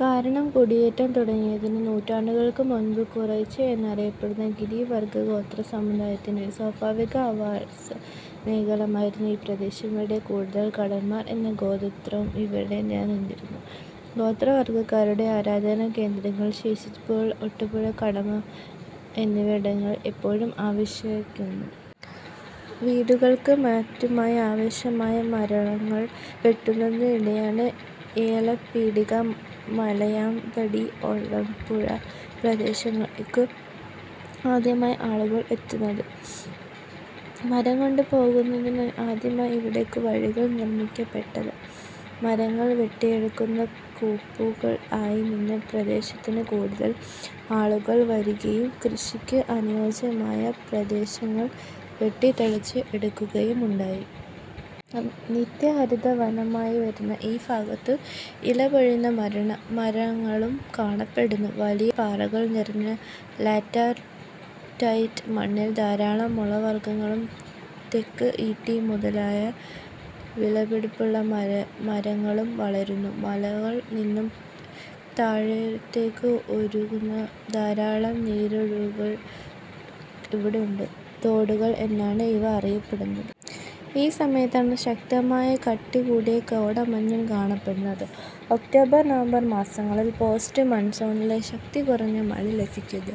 കാരണം കുടിയേറ്റം തുടങ്ങുന്നതിനും നൂറ്റാണ്ടുകൾക്ക് മുൻപ് കുറിച്യർ എന്നറിയപ്പെടുന്ന ഗിരി വർഗ്ഗ ഗോത്ര സമുദായത്തിന്റെ സ്വാഭാവിക ആവാസ മേഖലയായിരുന്നു ഈ പ്രദേശം. ഇവരെ കൂടാതെ കാടന്മാർ എന്ന ഒരു ഗോത്രവും ഇവിടെ നിലനിന്നിരുന്നു. ഗോത്ര വർഗ്ഗക്കാരുടെ ആരാധന കേന്ദ്രങ്ങളുടെ ശേഷിപ്പുകൾ ഓടപ്പുഴ, കാടന്മല, ഏലപ്പീടിക എന്നിവിടങ്ങളിൽ ഇപ്പോഴും അവശേഷിക്കുന്നുണ്ട്. വീടുകൾക്കും മറ്റുമായി ആവശ്യമായ മരങ്ങൾ വെട്ടുന്നതിനായാണ് ഏലപീടിക, മലയാംപടി, ഓടപ്പുഴ പ്രദേശങ്ങളിലേക്ക് ആദ്യമായി ആളുകൾ എത്തുന്നത്. മരം കൊണ്ട് പോകുന്നതിനായാണ് ആദ്യമായി ഇവിടേക്ക് വഴികൾ നിർമ്മിക്കപെട്ടത്. മരങ്ങൾ വെട്ടിയെടുക്കുന്ന കൂപ്പുകൾ ആയി നിന്ന പ്രദേശത്തേക്ക് കൂടുതൽ ആളുകൾ വരികയും കൃഷിക്ക് അനുയോജ്യമായ പ്രദേശങ്ങൾ വെട്ടിത്തെളിച്ച് എടുക്കുകയുമുണ്ടായി. നിത്യ ഹരിത വനമായി വരുന്ന ഈ ഭാഗത്ത് ഇലപൊഴിയുന്ന മരങ്ങളും കാണപ്പെടുന്നു, വലിയ പാറകൾ നിറഞ്ഞ ലാറ്ററൈറ്റ് മണ്ണിൽ ധാരാളം മുള വർഗ്ഗങ്ങളും തേക്ക്, ഈട്ടി മുതലായ വിലപിടിപ്പുള്ള മരങ്ങളും വളരുന്നു. മലകളിൽ നിന്നും താഴ്വാരതേക്ക് ഒഴുകുന്ന ധാരാളം നീരൊഴുക്കുകൾ ഇവിടുണ്ട്, തോടുകൾ എന്നാണ് ഇവ അറിയപ്പെടുന്നത്. ഈ സമയത്ത് ശക്തമായ കട്ടികൂടിയ കോടമഞ്ഞും കാണപ്പെടാറുണ്ട്. ഒക്ടോബർ നവംബർ മാസങ്ങളിൽ പോസ്റ്റ് മൺസൂണിൽ ശക്തി കുറഞ്ഞ മഴ ലഭിക്കുന്നു.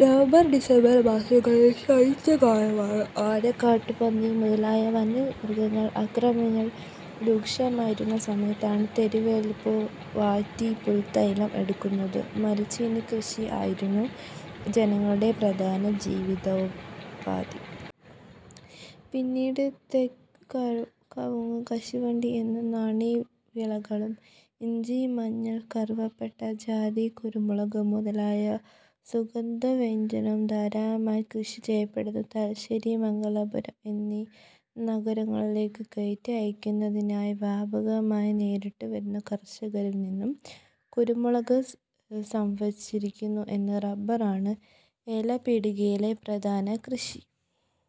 നവംബർ ഡിസംബർ മാസങ്ങളിൽ ശൈത്യ കാലമാണ്. ആന, കാട്ടുപന്നി മുതലായ വന്യമൃഗങ്ങളുടെ ആക്രമണം രൂക്ഷമായിരുന്ന സമയത്ത് തെരുവപ്പുല്ല് വാറ്റി പുൽത്തൈലം എടുക്കുന്നതും മരച്ചീനിക്കൃഷിയും ആയിരുന്നു ജനങ്ങളുടെ പ്രധാന ജീവിതോപാധി. പിന്നീട് തെങ്ങ്, കവുങ്ങ്, കശുവണ്ടി എന്നീ നാണ്യ വിളകളും ഇഞ്ചി, മഞ്ഞൾ, കറുവപ്പട്ട, ജാതി, കുരുമുളക് മുതലായ സുഗന്ധ വ്യഞ്ജനങ്ങളും ധാരാളമായി കൃഷി ചെയ്യപ്പെട്ടു. തലശ്ശേരി, മംഗലാപുരം എന്നീ നഗരങ്ങളിലേക്ക് കയറ്റി അയക്കുന്നതിനായി വ്യാപാരികൾ നേരിട്ട് വന്നു കർഷകരിൽ നിന്നും കുരുമുളക് സംഭരിച്ചിരുന്നു. ഇന്ന് റബ്ബർ ആണ് ഏലപീടികയിലെ പ്രധാന കൃഷി.